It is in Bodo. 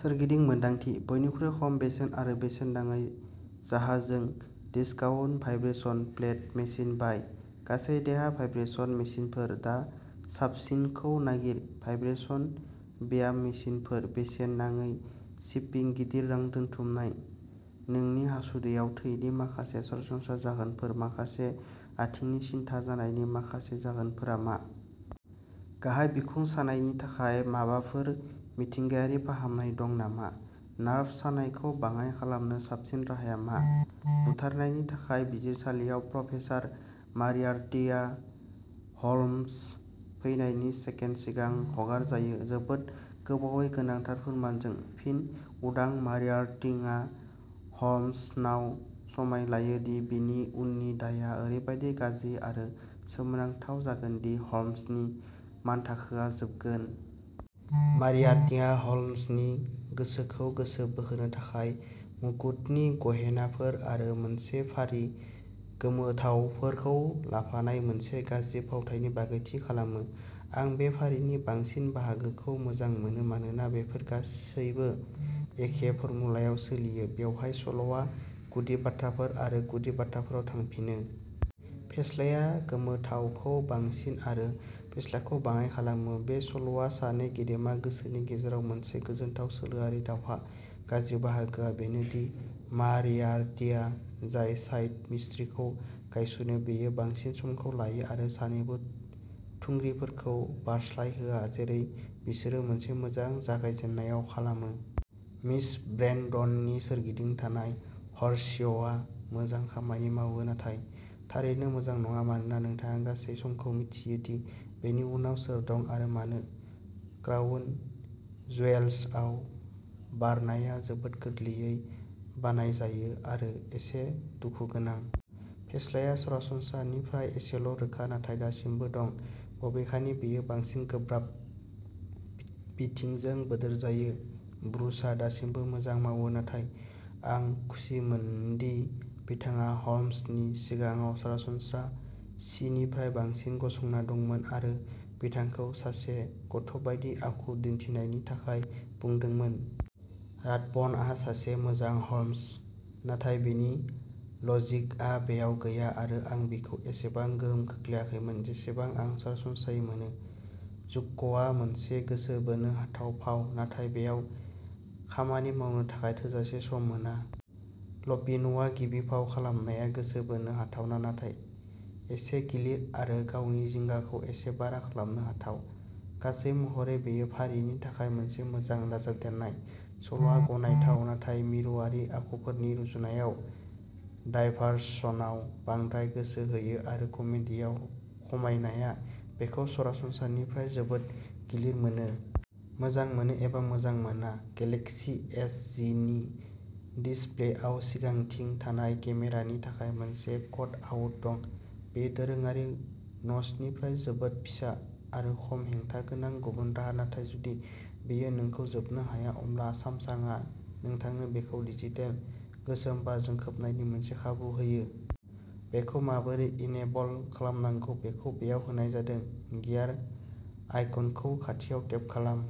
सोरगिदिं मोन्दांथि। बयनिख्रुइ खम बेसेन आरो बेसेन नाङै जाहाजजों डिसकाउन्ट भाइब्रेशन प्लेट मेसिन बाय। गासै देहा भाइब्रेशन मेसिनफोर। दा साबसिनखौ नागिर। भाइब्रेशन ब्याम मेसिनफोर, बेसेन नाङै शिपिं, गिदिर रां दोनथुमनाय, नोंनि हासुदैयाव थैनि माखासे सरासनस्रा जाहोनफोरा माखासे आथिंनि सिनथा जानायनि माखासे जाहोनफोरा मा? गाहाय बिखुं सानायनि थाखाय माबाफोर मिथिंगायारि फाहामनाय दं नामा? नार्भ सानायखौ बाङाइ खालामनो साबसिन राहाया मा? बुथारनायनि थाखाय बिजिरसालियाव प्रफेसार मरियार्टिआ ह'ल्मस फैनायनि सेकेन्ड सिगां हगारजायो, जोबोद गोबावै गोनांथार फोरमानजों। फिन उदां मरियार्टिआ ह'ल्मसनाव समाय लायो दि बिनि उननि दायआ ओरैबादि गाज्रि आरो सोमोनांथाव जागोन दि ह'ल्मसनि मानथाखोआ जोबगोन। मरियार्टिया ह'ल्मसनि गोसोखौ गोसो बोहोनो थाखाय मुकुटनि गहेनाफोर आरो मोनसे फारि गोमोथावफोरखौ लाफानाय मोनसे गाज्रि फावथाइनि बागै थि खालामो। आं बे फारिनि बांसिन बाहागोखौ मोजां मोनो मानोना बेफोर गासैबो एखे फर्मुलायाव सोलियो। बेवहाय सल'आ गुदि बाथ्राफोर आरो गुदि बाथ्राफोराव थांफिनो। फेस्लाया गोमोथावखौ बांसिन आरो फेस्लाखौ बाङाइ खालामो। बे सल'आ सानै गेदेमा गोसोनि गेजेराव मोनसे गोजोनथाव सोलोआरि दावहा। गाज्रि बाहागोआ बेनो दि मरियार्टिया जाय साइड मिस्ट्रिखौ गायसनो बेयो बांसिन समखौ लायो आरो सानैबो थुंग्रिफोरखौ बारस्लायहोआ जेरै बिसोरो मोनसे मोजां जागायजेन्नायाव खालामो। मिस ब्रेन्डननि सोरगिदिं थानाय रहस्यआ मोजां खामानि मावो नाथाय थारैनो मोजां नङा मानोना नोंथाङा गासै समखौ मिथियो दि बेनि उनाव सोर दं आरो मानो। क्राउन ज्वेल्सआव बारनाया जोबोद गोरलैयै बानायजायो आरो एसे दुखु गोनां। फेस्लाया सरासनस्रानिफ्राय एसेल' रोखा नाथाय दासिमबो दं। बबेखानि बेयो बांसिन गोब्राब बिथिंजों बोदोर जायो। ब्रुसआ दासिमबो मोजां मावो नाथाय आं खुसिमोनदि बिथाङा ह'ल्मसनि सिगाङाव सरासनस्रा सिनिफ्राय बांसिन गसंना दंमोन आरो बिथांखौ सासे गथ'बायदि आखु दिन्थिनायनि थाखाय बुंदोंमोन। राथबनआ सासे मोजां ह'ल्मस। नाथाय बिनि लजिकआ बेयाव गैया आरो आं बिखौ एसेबां गोहोम खोख्लैयाखैमोन जेसेबां आं सरासनस्रायै मोनो। जुक्क'आ मोनसे गोसो बोनो हाथाव फाव, नाथाय बेयाव खामानि मावनो थाखाय थोजासे सम मोना। लुपिन'आ गिबि फाव खालामनाया गोसो बोनो हाथावना नाथाय एसे गिलिर आरो गावनि जिंगाखौ एसे बारा खालामनो हाथाव। गासै महरै बेयो फारिनि थाखाय मोनसे मोजां दाजाबदेरनाय। सल'आ गनायथाव नाथाय मिरुआरि आखुफोरनि रुजुनायाव डायभारसनआव बांद्राय गोसो होयो आरो कमेडीयाव खमायनाया बेखौ सरासनस्रानिफ्राय जोबोद गिलिर मोनो। मोजां मोनो एबा मोजां मोना, गेलेक्सी एस जि नि डिसप्लेआव सिगांथिं थानाय केमेरानि थाखाय मोनसे कटआउट दं। बेयो दोरोङारि न'चनिफ्राय जोबोद फिसा आरो खम हेंथा गोनां गुबुन राहा, नाथाय जुदि बेयो नोंखौ जोबनो हाया, अब्ला सामसांआ नोंथांनो बेखौ डिजिटेल गोसोम बारजों खोबनायनि मोनसे खाबु होयो। बेखौ माबोरै इनेबल खालामनांगौ बेखौ बेयाव होनाय जादों। गियार आइकनखौ खाथियाव टेप खालाम।